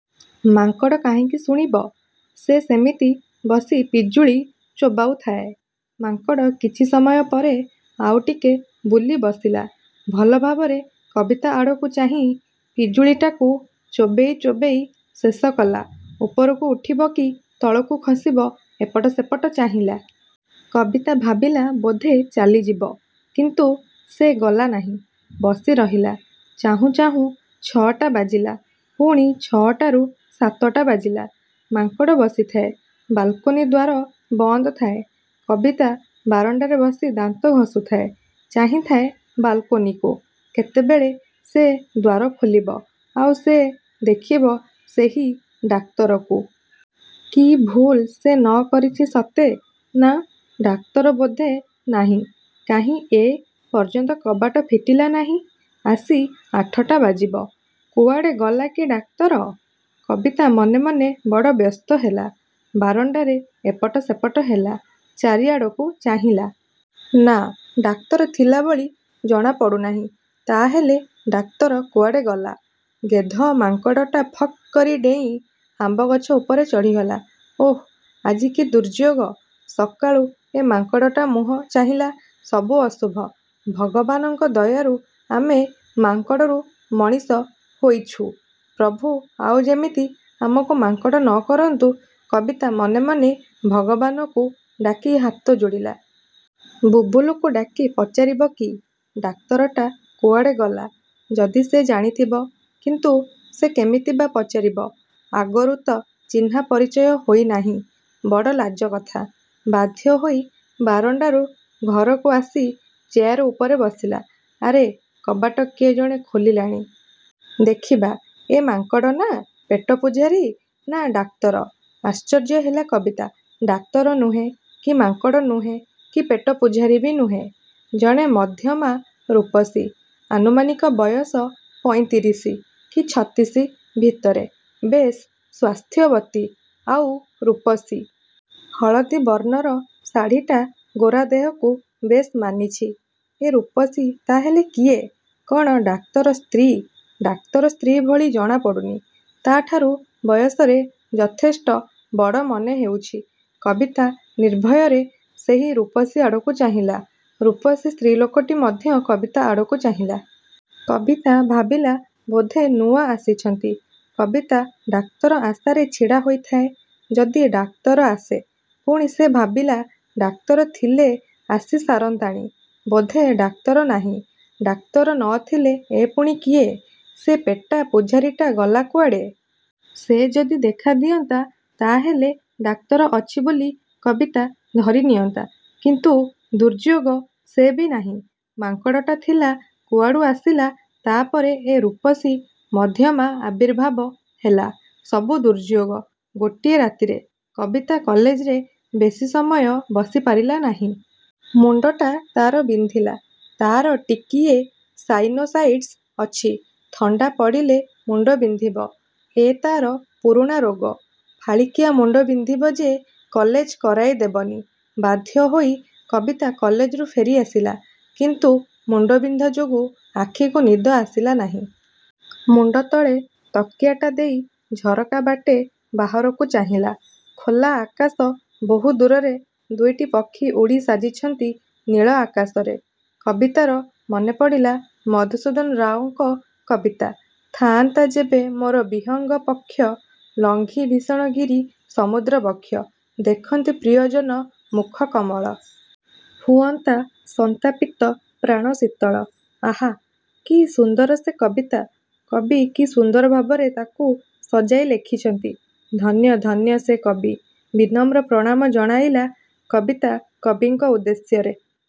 ମାଙ୍କଡ଼ କାହିଁକି ଶୁଣିବ? ସେ ସେମିତି ବସି ପିଜୁଳି ଚୋବାଉଥାଏ। ମାଙ୍କଡ଼ କିଛି ସମୟ ପରେ ଆଉଟିକେ ବୁଲି ବସିଲା। ଭଲ ଭାବରେ କବିତା ଆଡ଼କୁ ଚାହିଁ ପିଜୁଳିଟାକୁ ଚୋବେଇ ଚୋବେଇ ଶେଷ କଲା। ଉପରକୁ ଉଠିବ କି ତଳକୁ ଖସିବ, ଏପଟ ସେପଟ ଚାହିଁଲା। କବିତା ଭାବିଲା ବୋଧେ ଚାଲିଯିବ। କିନ୍ତୁ ସେ ଗଲା ନାହିଁ। ବସି ରହିଲା। ଚାହୁଁ ଚାହୁଁ ଛଅଟା ବାଜିଲା। ପୁଣି ଛଅଟାରୁ ସାତଟା ବାଜିଲା। ମାଙ୍କଡ଼ ବସିଥାଏ। ବାଲ୍କୋନି ଦ୍ୱାର ବନ୍ଦଥାଏ। କବିତା ବାରଣ୍ଡାରେ ବସି ଦାନ୍ତ ଘଷୁଥାଏ, ଚାହିଁଥାଏ ବାଲକୋନିକୁ। କେତେବେଳେ ସେ ଦ୍ୱାର ଖୋଲିବ, ଆଉ ସେ ଦେଖିବ ସେହି ଡାକ୍ତରକୁ। କି ଭୁଲ୍ ସେ ନ କରିଛି ସତେ ନାଁ, ଡାକ୍ତର ବୋଧେ ନାହିଁ। କାହିଁ ଏ। ପର୍ଯ୍ୟନ୍ତ କବାଟ ଫିଟିଲା ନାହିଁ। ଆସି ଆଠଟା ବାଜିବ। କୁଆଡ଼େ ଗଲା କି ଡାକ୍ତର? କବିତା ମନେ ମନେ ବଡ଼ ବ୍ୟସ୍ତ ହେଲା। ବାରଣ୍ଡାରେ ଏପଟ ସେପଟ ହେଲା, ଚାରିଆଡ଼କୁ ଚାହିଁଲା। ନାଁ ଡାକ୍ତର ଥିଲାଭଳି ଜଣା ପଡ଼ୁନାହିଁ। ତା'ହେଲେ ଡାକ୍ତର କୁଆଡ଼େ ଗଲା? ଗେଧମାଙ୍କଡ଼ଟା ଫକ କରି ଡେଇଁ ଆମ୍ୱ ଗଛ ଉପରେ ଚଢ଼ିଗଲା। ଓଃ ଆଜି କି ଦୁର୍ଯ୍ୟୋଗ! ସକାଳୁ ଏ ମାଙ୍କଡ଼ଟା ମୁହଁ ଚାହିଁଲା। ସବୁ ଅଶୁଭ, ଭଗବାନଙ୍କ ଦୟାରୁ ଆମେ ମାଙ୍କଡ଼ରୁ ମଣିଷ ହୋଇଛୁ; ପ୍ରଭୁ ଆଉ ଯେମିତି ଆମକୁ ମାଙ୍କଡ଼ ନ କରନ୍ତୁ, କବିତା ମନେ ମନେ ଭଗବାନକୁ ଡାକି ହାତ ଯୋଡ଼ିଲା। ବୁବୁଲୁକୁ ଡାକି ପଚାରିବ କି; ଡାକ୍ତରଟା କୁଆଡ଼େ ଗଲା-ଯଦି ସେ ଜାଣିଥିବ। କିନ୍ତୁ ସେ କେମିତି ବା ପଚାରିବ। ଆଗରୁ ତ ଚିହ୍ନା ପରିଚୟ ହୋଇନାହିଁ, ବଡ଼ ଲାଜ କଥା। ବାଧ୍ୟ ହୋଇ ବାରଣ୍ଡାରୁ ଘରକୁ ଆସି ଚେୟାର ଉପରେ ବସିଲା। ଆରେ କବାଟ କିଏ ଜଣେ ଖୋଲିଲାଣି। ଦେଖିବା ଏ ମାଙ୍କଡ଼ ନା, ପେଟ ପୂଝାରୀ, ନା ଡାକ୍ତର। ଆଶ୍ଚର୍ଯ୍ୟ ହେଲା କବିତା। ଡାକ୍ତର ନୁହେଁ, କି ମାଙ୍କଡ଼ ନୁହେଁ, କି ପେଟ ପୂଝାରୀ ବି ନୁହେଁ। ଜଣେ ମଧ୍ୟମା ରୂପସୀ। ଆନୁମାନିକ ବୟସ ପଇଁତିରିଶି, କି ଛତିଶି ଭିତରେ। ବେଶ୍ ସ୍ୱାସ୍ଥ୍ୟବତୀ। ଆଉ ରୂପସୀ। ହଳଦୀ ବର୍ଣ୍ଣର ଶାଢ଼ୀଟା ଗୋରା ଦେହକୁ ବେଶ୍ ମାନିଛି। ଏ ରୂପସୀ ତା'ହେଲେ କିଏ? କ'ଣ ଡାକ୍ତର ସ୍ତ୍ରୀ? ଡାକ୍ତର ସ୍ତ୍ରୀ ଭଳି ଜଣା ପଡ଼ୁନି। ତା'ଠାରୁ ବୟସରେ ଯଥେଷ୍ଟ ବଡ଼ ମନେ ହେଉଛି। କବିତା ନିର୍ଭୟରେ ସେହି ରୂପସୀ ଆଡ଼କୁ ଚାହିଁଲା। ରୂପସୀ ସ୍ତ୍ରୀ ଲୋକଟି ମଧ୍ୟ କବିତା ଆଡ଼କୁ ଚାହିଁଲା। କବିତା ଭାବିଲା, ବୋଧେ ନୂଆ ଆସିଛନ୍ତି। କବିତା ଡାକ୍ତର ଆଶାରେ ଛିଡ଼ା ହୋଇଥାଏ। ଯଦି ଡାକ୍ତର ଆସେ। ପୁଣି ସେ ଭାବିଲା, ଡାକ୍ତର ଥିଲେ ଆସି ସାରନ୍ତାଣି। ବୋଧେ ଡାକ୍ତର ନାହିଁ। ଡାକ୍ତର ନ ଥିଲେ ଏ ପୁଣି କିଏ? ସେ ପେଟା ପୂଝାରୀଟା ଗଲା କୁଆଡ଼େ? ସେ ଯଦି ଦେଖା ଦିଅନ୍ତା ତା'ହେଲେ ଡାକ୍ତର ଅଛି ବୋଲି କବିତା ଧରି ନିଅନ୍ତା। କିନ୍ତୁ ଦୁର୍ଯ୍ୟୋଗ ସେ ବି ନାହିଁ। ମାଙ୍କଡ଼ଟା ଥିଲା କୁଆଡ଼ୁ ଆସିଲା ତା'ପରେ ଏ ରୂପସୀ ମଧ୍ୟମା ଆବିର୍ଭାବ ହେଲା। ସବୁ ଦୁର୍ଯ୍ୟୋଗ। ଗୋଟିଏ ରାତିରେ। କବିତା କଲେଜରେ ବେଶି ସମୟ ବସି ପାରିଲାନାହିଁ। ମୁଣ୍ଡଟା ତା'ର ବିନ୍ଧିଲା। ତା'ର ଟିକିଏ ସାଇନୋସାଇଟ୍ସ ଅଛି। ଥଣ୍ଡା ପଡ଼ିଲେ ମୁଣ୍ଡ ବିନ୍ଧିବ। ଏ ତା'ର ପୁରୁଣା ରୋଗ। ଫାଳିକିଆ ମୁଣ୍ଡ ବିନ୍ଧିବ ଯେ କଲେଜ କରାଇ ଦେବନି। ବାଧ୍ୟ ହୋଇ କବିତା କଲେଜରୁ ଫେରି ଆସିଲା। କିନ୍ତୁ ମୁଣ୍ଡବିନ୍ଧା ଯୋଗୁ ଆଖିକୁ ନିଦ ଆସିଲା ନାହିଁ। ମୁଣ୍ଡତଳେ ତକିଆଟା ଦେଇ ଝରକା ବାଟେ ବାହାରକୁ ଚାହିଁଲା। ଖୋଲା ଆକାଶ ବହୁ ଦୂରରେ ଦୁଇଟି ପକ୍ଷୀ ଉଡ଼ି ସାଜିଛନ୍ତି ନୀଳ ଆକାଶରେ। କବିତାର ମନେପଡ଼ିଲା ମଧୁସୂଦନ ରାଓଙ୍କ କବିତା- 'ଥା'ନ୍ତା ଯେବେ ମୋର ବିହଙ୍ଗ ପକ୍ଷ' ଲଙ୍ଘି ଭୀଷଣ ଗିରି ସମୁଦ୍ର ବକ୍ଷ। ଦେଖନ୍ତି ପ୍ରିୟଜନ ମୁଖ କମଳ। ହୁଅନ୍ତା ସନ୍ତାପିତ ପ୍ରାଣ ଶୀତଳ। ଆହାଃ। କି ସୁନ୍ଦର ସେ କବିତା। କବି କି ସୁନ୍ଦର ଭାବରେ ତା'କୁ ସଜାଇ ଲେଖିଛନ୍ତି। ଧନ୍ୟ ଧନ୍ୟ ସେ କବି। ବିନମ୍ର ପ୍ରଣାମ ଜଣାଇଲା କବିତା କବିଙ୍କ ଉଦ୍ଦେଶ୍ୟରେ।